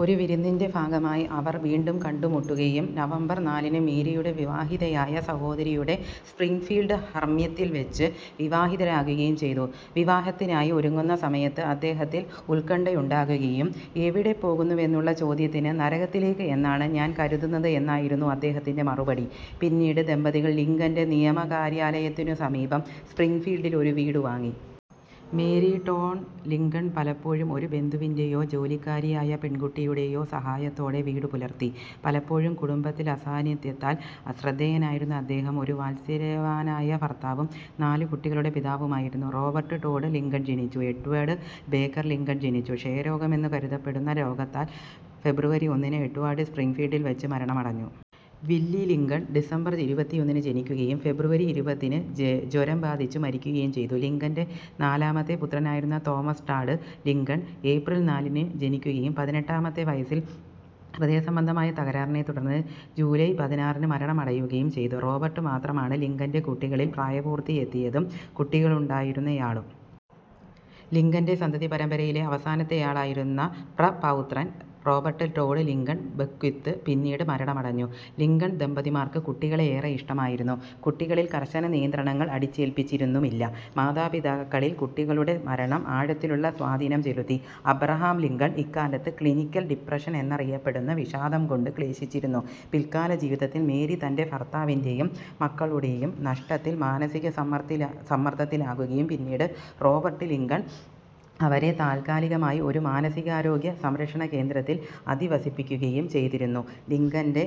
ഒരു വിരുന്നിൻ്റെ ഭാഗമായി അവർ വീണ്ടും കണ്ടുമുട്ടുകയും നവംബർ നാലിന് മേരിയുടെ വിവാഹിതയായ സഹോദരിയുടെ സ്പ്രിങ്ഫീൽഡ് ഹർമ്മ്യത്തിൽവച്ച് വിവാഹിതരാകുകയും ചെയ്തു. വിവാഹത്തിനായി ഒരുങ്ങുന്ന സമയത്ത് അദ്ദേഹത്തിൽ ഉത്കണ്ഠയുണ്ടാകുകയും എവിടെ പോകുന്നുവെന്നുള്ള ചോദ്യത്തിന് നരകത്തിലേക്ക് എന്നാണ് ഞാൻ കരുതുന്നത് എന്നായിരുന്നു അദ്ദേഹത്തിൻ്റെ മറുപടി. പിന്നീട് ദമ്പതികൾ ലിങ്കൻ്റെ നിയമകാര്യാലയത്തിനു സമീപം സ്പ്രിങ്ഫീൽഡിൽ ഒരു വീട് വാങ്ങി. മേരി ടോഡ് ലിങ്കൺ പലപ്പോഴും ഒരു ബന്ധുവിൻ്റെ യോ ജോലിക്കാരിയായ പെൺകുട്ടിയുടെയോ സഹായത്തോടെ വീടുപുലർത്തി. പലപ്പോഴും കുടുംബത്തിൽ അസാന്നിധ്യത്താൽ ശ്രദ്ധേയനായിരുന്ന അദ്ദേഹം ഒരു വാത്സല്യവാനായ ഭർത്താവും നാലുകുട്ടികളുടെ പിതാവുമായിരുന്നു. റോബർട്ട് ടോഡ് ലിങ്കൺ ജനിച്ചു. എഡ്വാർഡ് ബേക്കർ ലിങ്കൺ ജനിച്ചു. ക്ഷയരോഗമെന്ന് കരുതപ്പെടുന്ന രോഗത്താൽ ഫെബ്രുവരി ഒന്നിന് എഡ്വാർഡ് സ്പ്രിങ്ഫീൽഡിൽവച്ച് മരണമടഞ്ഞു. വില്ലി ലിങ്കൺ ഡിസംബർ ഇരുപത്തിയൊന്നിന് ജനിക്കുകയും ഫെബ്രുവരി ഇരുപതിന് ജെ ജ്വരം ബാധിച്ച് മരിക്കുകയും ചെയ്തു. ലിങ്കൻ്റെ നാലാമത്തെ പുത്രനായിരുന്ന തോമസ് ടാഡ് ലിങ്കൺ ഏപ്രിൽ നാലിന് ജനിക്കുകയും പതിനെട്ടാമത്തെ വയസ്സിൽ ഹൃദയസംബന്ധമായ തകരാറിനെത്തുടർന്ന് ജൂലൈ പതിനാറിന് മരണമടയുകയും ചെയ്തു. റോബർട്ട് മാത്രമാണ് ലിങ്കൻ്റെ കുട്ടികളിൽ പ്രായപൂർത്തിയെത്തിയതും കുട്ടികളുണ്ടായിരുന്നയാളും. ലിങ്കൻ്റെ സന്തതിപരമ്പരയിലെ അവസാനത്തെയാളായിരുന്ന പ്രപൗത്രൻ റോബർട്ട് ടോഡ് ലിങ്കൺ ബെക്ക്വിത്ത് പിന്നീട് മരണമടഞ്ഞു. ലിങ്കൺ ദമ്പതിമാർക്ക് കുട്ടികളെ ഏറെ ഇഷ്ടമായിരുന്നു. കുട്ടികളിൽ കർശനനിയന്ത്രണങ്ങൾ അടിച്ചേൽപ്പിച്ചിരുന്നുമില്ല. മാതാപിതാക്കളിൽ കുട്ടികളുടെ മരണം ആഴത്തിലുള്ള സ്വാധീനം ചെലുത്തി. അബ്രഹാം ലിങ്കൺ ഇക്കാലത്ത് ക്ലിനിക്കൽ ഡിപ്രഷൻ എന്നറിയപ്പെടുന്ന വിഷാദം കൊണ്ട് ക്ലേശിച്ചിരുന്നു. പിൽക്കാല ജീവിതത്തിൽ മേരി തൻ്റെ ഫർത്താവിൻ്റെ യും മക്കളുടെയും നഷ്ടത്തിൽ മാനസിക സമ്മർദ്ധിലാ സമ്മർദ്ദത്തിലാകുകയും പിന്നീട് റോബർട്ട് ലിങ്കൺ അവരെ താൽക്കാലികമായി ഒരു മാനസികാരോഗ്യ സംരക്ഷണകേന്ദ്രത്തിൽ അധിവസിപ്പിക്കുകയും ചെയ്തിരുന്നു. ലിങ്കൻ്റെ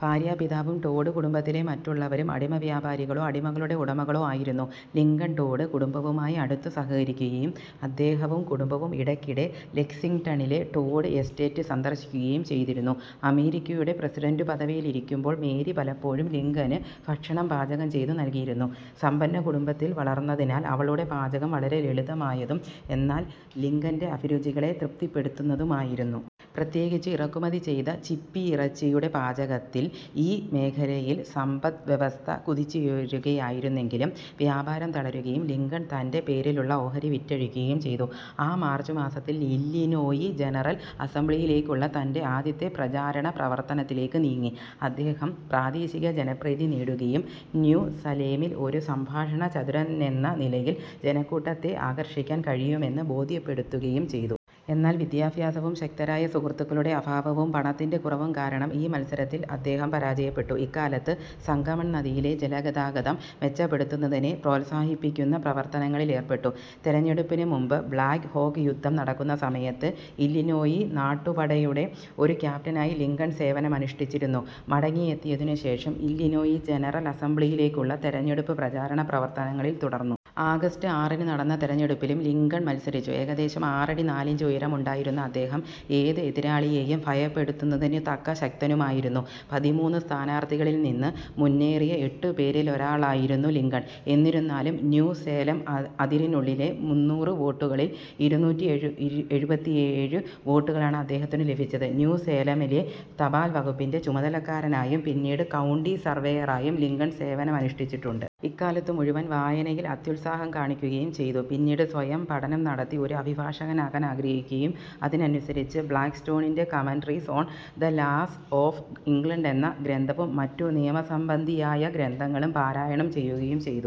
ഫാര്യാപിതാവും ടോഡ് കുടുംബത്തിലെ മറ്റുള്ളവരും അടിമവ്യാപാരികളോ അടിമകളുടെ ഉടമകളോ ആയിരുന്നു. ലിങ്കൺ ടോഡ് കുടുംബവുമായി അടുത്ത് സഹകരിക്കുകയും അദ്ദേഹവും കുടുംബവും ഇടയ്ക്കിടെ ലെക്സിങ്ടണിലെ ടോഡ് എസ്റ്റേറ്റ് സന്ദർശിക്കുകയും ചെയ്തിരുന്നു. അമേരിക്കയുടെ പ്രസിഡന്റുപദവിയിലിരിക്കുമ്പോൾ മേരി പലപ്പോഴും ലിങ്കന് ഭക്ഷണം പാചകം ചെയ്ത് നൽകിയിരുന്നു. സമ്പന്നകുടുംബത്തിൽ വളർന്നതിനാൽ അവളുടെ പാചകം വളരെ ലളിതമായതും എന്നാൽ ലിങ്കൻ്റെ അഫിരുചികളെ തൃപ്തിപ്പെടുത്തുന്നതുമായിരുന്നു. പ്രത്യേകിച്ച് ഇറക്കുമതി ചെയ്ത ചിപ്പിയിറച്ചിയുടെ പാചകത്തിൽ.ഈ മേഖലയിൽ സമ്പദ്വ്യവസ്ഥ കുതിച്ചുയരുകയായിരുന്നെങ്കിലും വ്യാപാരം തളരുകയും ലിങ്കൺ തൻ്റെ പേരിലുള്ള ഓഹരി വിറ്റഴിക്കുകയും ചെയ്തു. ആ മാർച്ച് മാസത്തിൽ ഇല്ലിനോയി ജനറൽ അസംബ്ലിയിലേക്കുള്ള തൻ്റെ ആദ്യത്തെ പ്രചാരണ പ്രവർത്തനത്തിലേക്ക് നീങ്ങി. അദ്ദേഹം പ്രാദേശിക ജനപ്രീതി നേടുകയും ന്യൂ സലേമിൽ ഒരു സംഭാഷണചതുരനെന്ന നിലയിൽ ജനക്കൂട്ടത്തെ ആകർഷിക്കാൻ കഴിയുമെന്ന് ബോധ്യപ്പെടുത്തുകയും ചെയ്തു. എന്നാൽ വിദ്യാഫ്യാസവും ശക്തരായ സുഹൃത്തുക്കളുടെ അഭാവവും പണത്തിൻ്റെ കുറവും കാരണം ഈ മത്സരത്തിൽ അദ്ദേഹം പരാജയപ്പെട്ടു. ഇക്കാലത്ത് സംഗമൺ നദിയിലെ ജലഗതാഗതം മെച്ചപ്പെടുത്തുന്നതിനെ പ്രോത്സാഹിപ്പിക്കുന്ന പ്രവർത്തനങ്ങളിലേർപ്പെട്ടു. തെരഞ്ഞെടുപ്പിന് മുമ്പ് ബ്ലാക്ക് ഹോക്ക് യുദ്ധം നടക്കുന്ന സമയത്ത് ഇല്ലിനോയി നാട്ടുപടയുടെ ഒരു ക്യാപ്റ്റനായി ലിങ്കൺ സേവനമനുഷ്ഠിച്ചിരുന്നു. മടങ്ങിയെത്തിയതിനുശേഷം ഇല്ലിനോയി ജനറൽ അസംബ്ലിയിലേക്കുള്ള തെരഞ്ഞെടുപ്പ് പ്രചരണ പ്രവർത്തനങ്ങളിൽ തുടർന്നു. ആഗസ്റ്റ് ആറിന് നടന്ന തെരഞ്ഞെടുപ്പിലും ലിങ്കൺ മത്സരിച്ചു. ഏകദേശം ആറടി നാലിഞ്ച് ഉയരമുണ്ടായിരുന്ന അദ്ദേഹം ഏത് എതിരാളിയേയും ഭയപ്പെടുത്തുന്നതിനുതക്ക ശക്തനുമായിരുന്നു. പതിമൂന്ന് സ്ഥാനാർത്ഥികളിൽ നിന്ന് മുന്നേറിയ എട്ടുപേരിലൊരാളായിരുന്നു ലിങ്കൺ. എന്നിരുന്നാലും ന്യൂ സേലം അ അതിരിനുള്ളിലെ മുന്നൂറ് വോട്ടുകളിൽ ഇരുനൂറ്റി എഴു എഴുപത്തിയേഴ് വോട്ടുകളാണ് അദ്ദേഹത്തിനു ലഭിച്ചത്.ന്യൂ സേലമിലെ തപാൽ വകുപ്പിൻ്റെ ചുമതലക്കാരനായും പിന്നീട് കൗണ്ടി സർവേയറായും ലിങ്കൺ സേവനം അനുഷ്ഠിച്ചിട്ടുണ്ട്. ഇക്കാലത്തുമുഴുവൻ വായനയിൽ അത്യുത്സാഹം കാണിക്കുകയും ചെയ്തു. പിന്നീട് സ്വയം പഠനം നടത്തി ഒരു അഭിഭാഷകനാകാൻ ആഗ്രഹിക്കുകയും അതനുസരിച്ച് ബ്ലാക്ക്സ്റ്റോണിൻ്റെ commentaries on the laws of England എന്ന ഗ്രന്ഥവും മറ്റു നിയമസംബന്ധിയായ ഗ്രന്ഥങ്ങളും പാരായണം ചെയ്യുകയും ചെയ്തു.